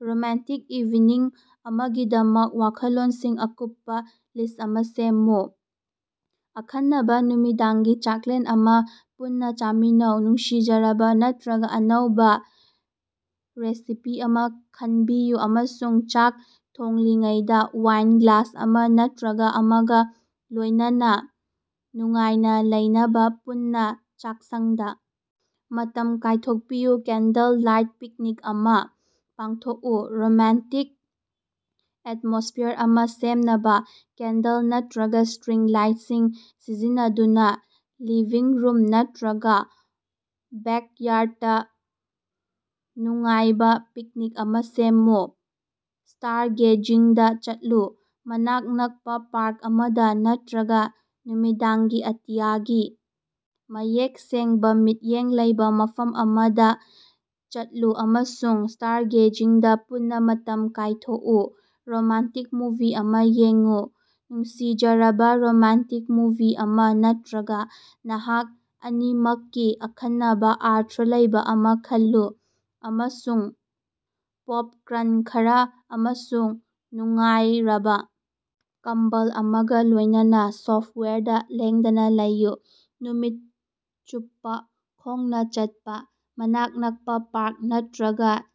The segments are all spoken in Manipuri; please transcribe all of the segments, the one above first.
ꯔꯣꯃꯥꯟꯇꯤꯛ ꯏꯚꯤꯅꯤꯡ ꯑꯃꯒꯤꯗꯃꯛ ꯋꯥꯈꯜꯂꯣꯟꯁꯤꯡꯒꯤ ꯑꯀꯨꯞꯄ ꯂꯤꯁ꯭ꯠ ꯑꯃꯥ ꯁꯦꯝꯃꯨ꯫ ꯑꯈꯟꯅꯕ ꯅꯨꯃꯤꯗꯥꯡꯒꯤ ꯆꯥꯛꯂꯦꯟ ꯑꯃꯥ ꯄꯨꯟꯅ ꯆꯥꯃꯤꯟꯅꯧ: ꯅꯨꯡꯁꯤꯖꯔꯕ ꯅꯠꯇꯔꯒ ꯑꯅꯧꯕ ꯔꯦꯁꯤꯄꯤ ꯑꯃꯥ ꯈꯟꯕꯤꯌꯨ ꯑꯃꯁꯨꯡ ꯆꯥꯛ ꯊꯣꯡꯂꯤꯉꯩꯗ ꯋꯥꯏꯟ ꯒ꯭ꯂꯥꯁ ꯑꯃꯥ ꯅꯠꯇꯔꯒ ꯑꯃꯒ ꯂꯣꯏꯅꯅ ꯅꯨꯡꯉꯥꯏꯅ ꯂꯩꯅꯕ ꯄꯨꯟꯅꯥ ꯆꯥꯛꯁꯪꯗ ꯃꯇꯝ ꯀꯥꯏꯊꯣꯛꯄꯤꯌꯨ꯫ ꯀꯦꯟꯗꯜ ꯂꯥꯏꯠ ꯄꯤꯛꯅꯤꯛ ꯑꯃꯥ ꯄꯥꯡꯊꯣꯛꯎ: ꯔꯣꯃꯥꯟꯇꯤꯛ ꯑꯦꯇꯃꯣꯁ꯭ꯐꯤꯌꯥꯔ ꯑꯃꯥ ꯁꯦꯝꯅꯕ ꯀꯦꯟꯗꯜ ꯅꯠꯇꯔꯒ ꯁ꯭ꯇꯔꯤꯡ ꯂꯥꯏꯠꯁꯤꯡ ꯁꯤꯖꯤꯟꯅꯗꯨꯅ ꯂꯤꯚꯤꯡ ꯔꯨꯝ ꯅꯠꯇꯔꯒ ꯕꯦꯛꯌꯥꯔꯗꯇ ꯅꯨꯡꯉꯥꯏꯕ ꯄꯤꯛꯅꯤꯛ ꯑꯃꯥ ꯁꯦꯝꯃꯨ꯫ ꯁ꯭ꯇꯥꯔꯒꯦꯖꯤꯡꯗꯥ ꯆꯠꯂꯨ: ꯃꯅꯥꯛ ꯅꯛꯄ ꯄꯥꯔꯛ ꯑꯃꯗ ꯅꯠꯇꯔꯒ ꯅꯨꯃꯤꯗꯥꯡꯒꯤ ꯑꯇꯤꯌꯥꯒꯤ ꯃꯌꯦꯛ ꯁꯦꯡꯕ ꯃꯤꯠꯌꯦꯡ ꯂꯩꯕ ꯃꯐꯝ ꯑꯃꯗ ꯆꯠꯂꯨ ꯑꯃꯁꯨꯡ ꯁ꯭ꯇꯥꯔꯒꯦꯖꯤꯡꯗ ꯄꯨꯟꯅ ꯃꯇꯝ ꯀꯥꯏꯊꯣꯛꯎ꯫ ꯔꯣꯃꯥꯟꯇꯤꯛ ꯃꯨꯚꯤ ꯑꯃꯥ ꯌꯦꯡꯎ: ꯅꯨꯡꯁꯤꯖꯔꯕ ꯔꯣꯃꯥꯟꯇꯤꯛ ꯃꯨꯚꯤ ꯑꯃꯥ ꯅꯠꯇꯔꯒ ꯅꯍꯥꯛ ꯑꯅꯤꯃꯛꯀꯤ ꯑꯈꯟꯅꯕ ꯑꯔꯊ ꯂꯩꯕ ꯑꯃꯥ ꯈꯜꯂꯨ, ꯑꯃꯁꯨꯡ ꯄꯣꯞꯀ꯭ꯔꯟ ꯈꯔ ꯑꯃꯁꯨꯡ ꯅꯨꯡꯉꯥꯏꯔꯕ ꯀꯝꯕꯜ ꯑꯃꯒ ꯂꯣꯏꯅꯅ ꯁꯣꯐ꯭ꯇꯋꯥꯌꯔꯗ ꯂꯦꯡꯗꯅ ꯂꯩꯌꯨ꯫ ꯅꯨꯃꯤꯠ ꯆꯨꯞꯄ ꯈꯣꯡꯅ ꯆꯠꯄꯥ: ꯃꯅꯥꯛ ꯅꯛꯄ ꯄꯥꯔꯛ ꯅꯠꯇꯔꯒ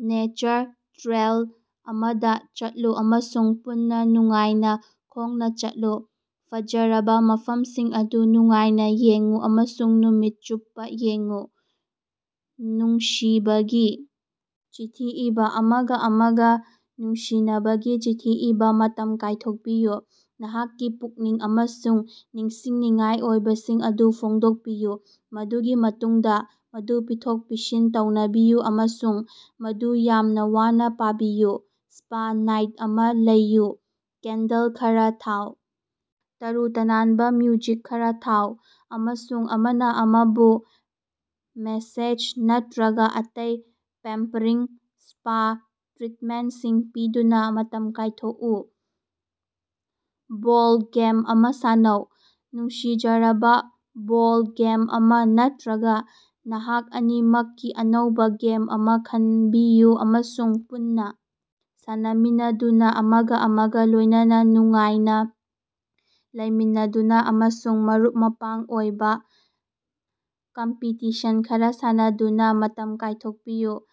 ꯅꯦꯆꯔ ꯇ꯭ꯔꯦꯜ ꯑꯃꯗ ꯆꯠꯂꯨ ꯑꯃꯁꯨꯡ ꯄꯨꯟꯅ ꯅꯨꯡꯉꯥꯏꯅ ꯈꯣꯡꯅ ꯆꯠꯂꯨ, ꯐꯖꯔꯕ ꯃꯐꯝꯁꯤꯡ ꯑꯗꯨ ꯅꯨꯡꯉꯥꯏꯅ ꯌꯦꯡꯎ ꯑꯃꯁꯨꯡ ꯅꯨꯃꯤꯠ ꯆꯨꯞꯄ ꯌꯦꯡꯎ꯫ ꯅꯨꯡꯁꯤꯕꯒꯤ ꯆꯤꯊꯤ ꯏꯕꯥ: ꯑꯃꯒ ꯑꯃꯒ ꯅꯨꯡꯁꯤꯅꯕꯒꯤ ꯆꯤꯊꯤ ꯏꯕ ꯃꯇꯝ ꯀꯥꯏꯊꯣꯛꯄꯤꯌꯨ, ꯅꯍꯥꯛꯀꯤ ꯄꯨꯛꯅꯤꯡ ꯑꯃꯁꯨꯡ ꯅꯤꯡꯁꯤꯡꯅꯤꯡꯉꯥꯏ ꯑꯣꯏꯕꯁꯤꯡ ꯑꯗꯨ ꯐꯣꯡꯗꯣꯛꯄꯤꯌꯨ, ꯃꯗꯨꯒꯤ ꯃꯇꯨꯡꯗ ꯃꯗꯨ ꯄꯤꯊꯣꯛ-ꯄꯤꯁꯤꯟ ꯇꯧꯅꯕꯤꯌꯨ ꯑꯃꯁꯨꯡ ꯃꯗꯨ ꯌꯥꯝꯅ ꯋꯥꯅ ꯄꯥꯕꯤꯌꯨ꯫ ꯁ꯭ꯄꯥ ꯅꯥꯏꯠ ꯑꯃ ꯂꯩꯌꯨ: ꯀꯦꯟꯗꯜ ꯈꯔꯥ ꯊꯥꯎ, ꯇꯔꯨ-ꯇꯅꯥꯟꯕ ꯃ꯭ꯌꯨꯖꯤꯛ ꯈꯔ ꯊꯥꯎ, ꯑꯃꯁꯨꯡ ꯑꯃꯅ ꯑꯃꯕꯨ ꯃꯦꯁꯦꯖ ꯅꯠꯇꯔꯒ ꯑꯇꯩ ꯄꯦꯝꯄꯔꯤꯡ ꯁ꯭ꯄꯥ ꯇ꯭ꯔꯤꯠꯃꯦꯟꯠꯁꯤꯡ ꯄꯤꯗꯨꯅ ꯃꯇꯝ ꯀꯥꯏꯊꯣꯛꯎ꯫ ꯕꯣꯔꯗ ꯒꯦꯝ ꯑꯃꯥ ꯁꯥꯟꯅꯧ: ꯅꯨꯡꯁꯤꯖꯔꯕ ꯕꯣꯔꯗ ꯒꯦꯝ ꯑꯃꯥ ꯅꯠꯇꯔꯒ ꯅꯍꯥꯛ ꯑꯅꯤꯃꯛꯀꯤ ꯑꯅꯧꯕ ꯒꯦꯝ ꯑꯃ ꯈꯟꯕꯤꯌꯨ, ꯑꯃꯁꯨꯡ ꯄꯨꯟꯅ ꯁꯥꯟꯅꯃꯤꯟꯅꯗꯨꯅ, ꯑꯃꯒ ꯑꯃꯒ ꯂꯣꯏꯅꯅ ꯅꯨꯡꯉꯥꯏꯅ ꯂꯩꯃꯤꯟꯅꯗꯨꯅ ꯑꯃꯁꯨꯡ ꯃꯔꯨꯞ-ꯃꯄꯥꯡ ꯑꯣꯏꯕ ꯀꯝꯄꯤꯇꯤꯁꯟ ꯈꯔ ꯁꯥꯟꯅꯗꯨꯅ ꯃꯇꯝ ꯀꯥꯏꯊꯣꯛꯄꯤꯌꯨ꯫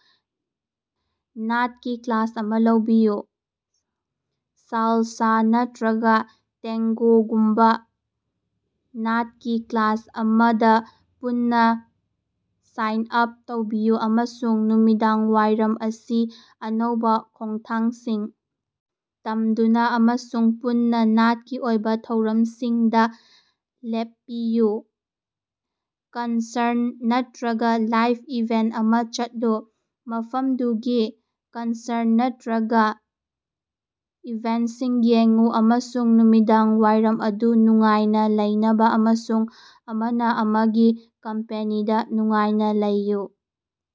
ꯅꯥꯠꯀꯤ ꯀ꯭ꯂꯥꯁ ꯑꯃꯥ ꯂꯧꯕꯤꯌꯨ: ꯁꯥꯜꯁꯥ ꯅꯠꯇꯔꯒ ꯇꯦꯡꯒꯣꯒꯨꯝꯕ ꯅꯥꯠꯀꯤ ꯀ꯭ꯂꯥꯁ ꯑꯃꯗ ꯄꯨꯟꯅ ꯁꯥꯏꯟ ꯑꯥꯞ ꯇꯧꯕꯤꯌꯨ ꯑꯃꯁꯨꯡ ꯅꯨꯃꯤꯗꯥꯡꯋꯥꯏꯔꯝ ꯑꯁꯤ ꯑꯅꯧꯕ ꯈꯣꯡꯊꯥꯡꯁꯤꯡ ꯇꯞꯗꯨꯅ ꯑꯃꯁꯨꯡ ꯄꯨꯟꯅ ꯅꯥꯠꯀꯤ ꯑꯣꯏꯕ ꯊꯧꯔꯝꯁꯤꯡꯗ ꯂꯦꯞꯄꯤꯌꯨ꯫ ꯀꯟꯁꯔꯠ ꯅꯠꯇꯔꯒ ꯂꯥꯏꯞ ꯏꯚꯦꯟꯠ ꯑꯃꯗ ꯆꯠꯂꯨ: ꯃꯐꯝꯗꯨꯒꯤ ꯀꯟꯁꯔꯠ ꯅꯠꯇꯔꯒ ꯏꯚꯦꯟꯠꯁꯤꯡ ꯌꯦꯡꯎ ꯑꯃꯁꯨꯡ ꯅꯨꯃꯤꯗꯥꯡꯋꯥꯏꯔꯝ ꯑꯗꯨ ꯅꯨꯡꯉꯥꯏꯅ ꯂꯩꯅꯕ ꯑꯃꯁꯨꯡ ꯑꯃꯅ ꯑꯃꯒꯤ ꯀꯝꯄꯦꯅꯤꯗꯥ ꯅꯨꯡꯉꯥꯏꯅꯥ ꯂꯩꯌꯨ꯫